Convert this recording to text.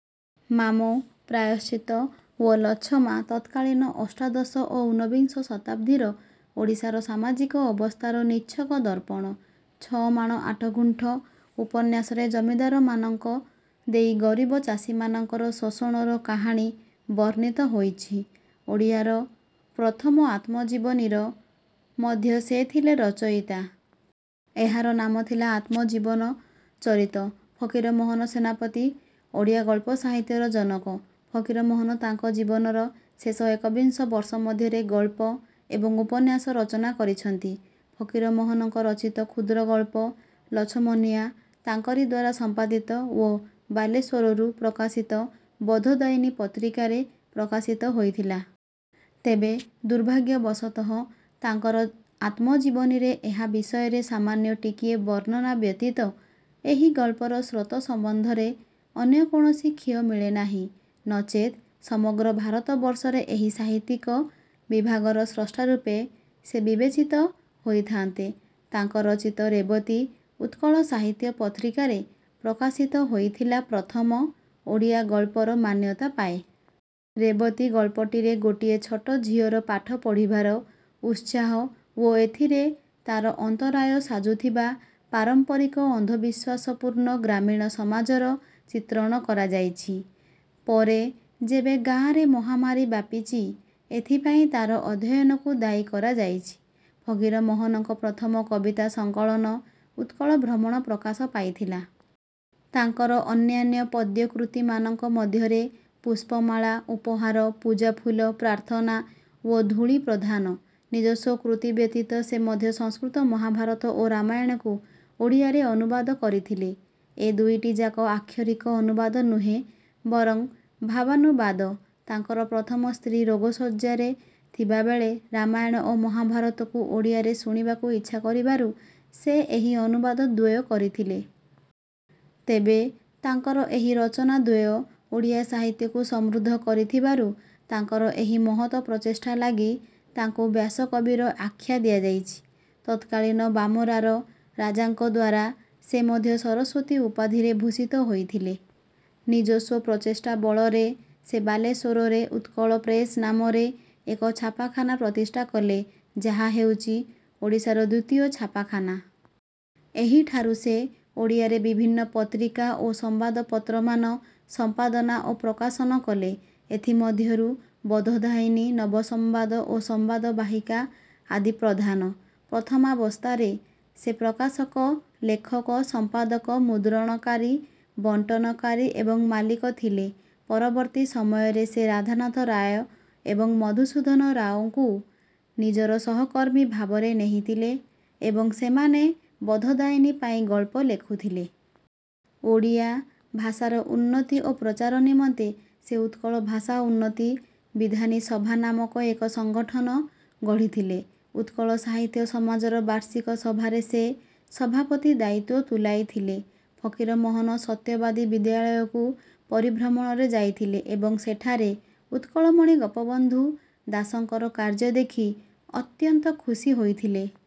ମାମୁଁ ପ୍ରାୟଶ୍ଚିତ ଓ ଲଛମା ତତ୍କାଳୀନ ଅଷ୍ଟାଦଶ ଓ ଊନବିଂଶ ଶତାବ୍ଦୀର ଓଡ଼ିଶାର ସାମାଜିକ ଅବସ୍ଥାର ନିଚ୍ଛକ ଦର୍ପଣ। ଛ ମାଣ ଆଠ ଗୁଣ୍ଠ ଉପନ୍ୟାସରେ ଜମିଦାରମାନଙ୍କ ଦେଇ ଗରିବ ଚାଷୀମାନଙ୍କର ଶୋଷଣର କାହାଣୀ ବର୍ଣ୍ଣିତ ହୋଇଛି। ଓଡ଼ିଆର ପ୍ରଥମ ଆତ୍ମଜୀବନୀର ମଧ୍ୟ ସେ ଥିଲେ ରଚୟିତା। ଏହାର ନାମ ଥିଲା ଆତ୍ମ ଜୀବନ ଚରିତ। ଫକୀରମୋହନ ସେନାପତି ଓଡ଼ିଆ ଗଳ୍ପ ସାହିତ୍ୟର ଜନକ। ଫକୀରମୋହନ ତାଙ୍କ ଜୀବନର ଶେଷ ଏକବିଂଶ ବର୍ଷ ମଧ୍ୟରେ ଗଳ୍ପ ଏବଂ ଉପନ୍ୟାସ ରଚନା କରିଛନ୍ତି। ଫକୀରମୋହନଙ୍କ ରଚିତ କ୍ଷୁଦ୍ରଗଳ୍ପ ଲଛମନିଆ ତାଙ୍କରିଦ୍ୱାରା ସମ୍ପାଦିତ ଓ ବାଲେଶ୍ୱରରୁ ପ୍ରକାଶିତ ବୋଧଦାୟିନୀ ପତ୍ରିକାରେ ପ୍ରକାଶିତ ହୋଇଥିଲା। ତେବେ ଦୁର୍ଭାଗ୍ୟବଶତଃ ତାଙ୍କର ଆତ୍ମଜୀବନୀରେ ଏହା ବିଷୟରେ ସାମାନ୍ୟ ଟିକିଏ ବର୍ଣ୍ଣନା ବ୍ୟତୀତ ଏହି ଗଳ୍ପର ସ୍ରୋତ ସମ୍ବନ୍ଧରେ ଅନ୍ୟ କୌଣସି ଖିଅ ମିଳେନାହିଁ ନଚେତ୍ ସମଗ୍ର ଭାରତବର୍ଷରେ ଏହି ସାହିତ୍ୟିକ ବିଭାଗର ସ୍ରଷ୍ଟା ରୂପେ ସେ ବିବେଚିତ ହୋଇଥାନ୍ତେ। ତାଙ୍କ ରଚିତ ରେବତୀ ଉତ୍କଳ ସାହିତ୍ୟ ପତ୍ରିକାରେ ପ୍ରକାଶିତ ହୋଇଥିଲା ପ୍ରଥମ ଓଡ଼ିଆ ଗଳ୍ପର ମାନ୍ୟତା ପାଏ। ରେବତୀ ଗଳ୍ପଟିରେ ଗୋଟିଏ ଛୋଟ ଝିଅର ପାଠ ପଢ଼ିବାର ଉତ୍ସାହ ଓ ଏଥିରେ ତାର ଅନ୍ତରାୟ ସାଜୁଥିବା ପାରମ୍ପରିକ ଅନ୍ଧବିଶ୍ୱାସପୂର୍ଣ୍ଣ ଗ୍ରାମୀଣ ସମାଜର ଚିତ୍ରଣ କରାଯାଇଛି। ପରେ ଯେବେ ଗାଁରେ ମହାମାରୀ ବ୍ୟାପିଚି ଏଥିପାଇଁ ତାର ଅଧ୍ୟୟନକୁ ଦାୟୀ କରାଯାଇଛି। ଫକୀରମୋହନଙ୍କ ପ୍ରଥମ କବିତା ସଙ୍କଳନ ଉତ୍କଳ ଭ୍ରମଣ ପ୍ରକାଶ ପାଇଥିଲା। ତାଙ୍କର ଅନ୍ୟାନ୍ୟ ପଦ୍ୟ କୃତିମାନଙ୍କ ମଧ୍ୟରେ ପୁଷ୍ପମାଳା ଉପହାର ପୂଜା ଫୁଲ ପ୍ରାର୍ଥନା ଓ ଧୂଳି ପ୍ରଧାନ। ନିଜସ୍ୱ କୃତି ବ୍ୟତୀତ ସେ ମଧ୍ୟ ସଂସ୍କୃତ ମହାଭାରତ ଓ ରାମାୟଣକୁ ଓଡ଼ିଆରେ ଅନୁବାଦ କରିଥିଲେ। ଏ ଦୁଇଟିଯାକ ଆକ୍ଷରିକ ଅନୁବାଦ ନୁହେଁ ବରଂ ଭାବାନୁବାଦ। ତାଙ୍କର ପ୍ରଥମ ସ୍ତ୍ରୀ ରୋଗଶଯ୍ୟାରେ ଥିବାବେଳେ ରାମାୟଣ ଓ ମହାଭାରତକୁ ଓଡ଼ିଆରେ ଶୁଣିବାକୁ ଇଚ୍ଛା କରିବାରୁ ସେ ଏହି ଅନୁବାଦ ଦ୍ୱୟ କରିଥିଲେ। ତେବେ ତାଙ୍କର ଏହି ରଚନା ଦ୍ୱୟ ଓଡ଼ିଆ ସାହିତ୍ୟକୁ ସମୃଦ୍ଧ କରିଥିବାରୁ ତାଙ୍କର ଏହି ମହତ ପ୍ରଚେଷ୍ଟା ଲାଗି ତାଙ୍କୁ ବ୍ୟାସକବିର ଆଖ୍ୟା ଦିଆଯାଇଛି। ତତ୍କାଳୀନ ବାମରାର ରାଜାଙ୍କଦ୍ୱାରା ସେ ମଧ୍ୟ ସରସ୍ୱତୀ ଉପାଧିରେ ଭୂଷିତ ହୋଇଥିଲେ। ନିଜସ୍ୱ ପ୍ରଚେଷ୍ଟା ବଳରେ ସେ ବାଲେଶ୍ୱରରେ ଉତ୍କଳ ପ୍ରେସ ନାମରେ ଏକ ଛାପାଖାନା ପ୍ରତିଷ୍ଠା କଲେ ଯାହା ହେଉଚି ଓଡ଼ିଶାର ଦ୍ୱିତୀୟ ଛାପାଖାନା। ଏହିଠାରୁ ସେ ଓଡ଼ିଆରେ ବିଭିନ୍ନ ପତ୍ରିକା ଓ ସମ୍ବାଦପତ୍ରମାନ ସମ୍ପାଦନା ଓ ପ୍ରକାଶନ କଲେ। ଏଥିମଧ୍ୟରୁ ବୋଧଦାୟିନୀ ନବସମ୍ବାଦ ଓ ସମ୍ବାଦ ବାହିକା ଆଦି ପ୍ରଧାନ। ପ୍ରଥମାବସ୍ଥାରେ ସେ ପ୍ରକାଶକ ଲେଖକ ସମ୍ପାଦକ ମୁଦ୍ରଣକାରୀ ବଣ୍ଟନକାରୀ ଏବଂ ମାଲିକ ଥିଲେ। ପରବର୍ତ୍ତୀ ସମୟରେ ସେ ରାଧାନାଥ ରାୟ ଏବଂ ମଧୁସୂଦନ ରାଓଙ୍କୁ ନିଜର ସହକର୍ମୀ ଭାବରେ ନେଇଥିଲେ ଏବଂ ସେମାନେ ବୋଧଦାୟିନୀ ପାଇଁ ଗଳ୍ପ ଲେଖୁଥିଲେ। ଓଡ଼ିଆ ଭାଷାର ଉନ୍ନତି ଓ ପ୍ରଚାର ନିମନ୍ତେ ସେ ଉତ୍କଳ ଭାଷା ଉନ୍ନତି ବିଧାନୀ ସଭା ନାମକ ଏକ ସଙ୍ଗଠନ ଗଢ଼ିଥିଲେ। ଉତ୍କଳ ସାହିତ୍ୟ ସମାଜର ବାର୍ଷିକ ସଭାରେ ସେ ସଭାପତି ଦାୟିତ୍ୱ ତୁଲାଇଥିଲେ। ଫକୀରମୋହନ ସତ୍ୟବାଦୀ ବିଦ୍ୟାଳୟକୁ ପରିଭ୍ରମଣରେ ଯାଇଥିଲେ ଏବଂ ସେଠାରେ ଉତ୍କଳମଣି ଗୋପବନ୍ଧୁ ଦାସଙ୍କର କାର୍ଯ୍ୟ ଦେଖି ଅତ୍ୟନ୍ତ ଖୁସି ହୋଇଥିଲେ।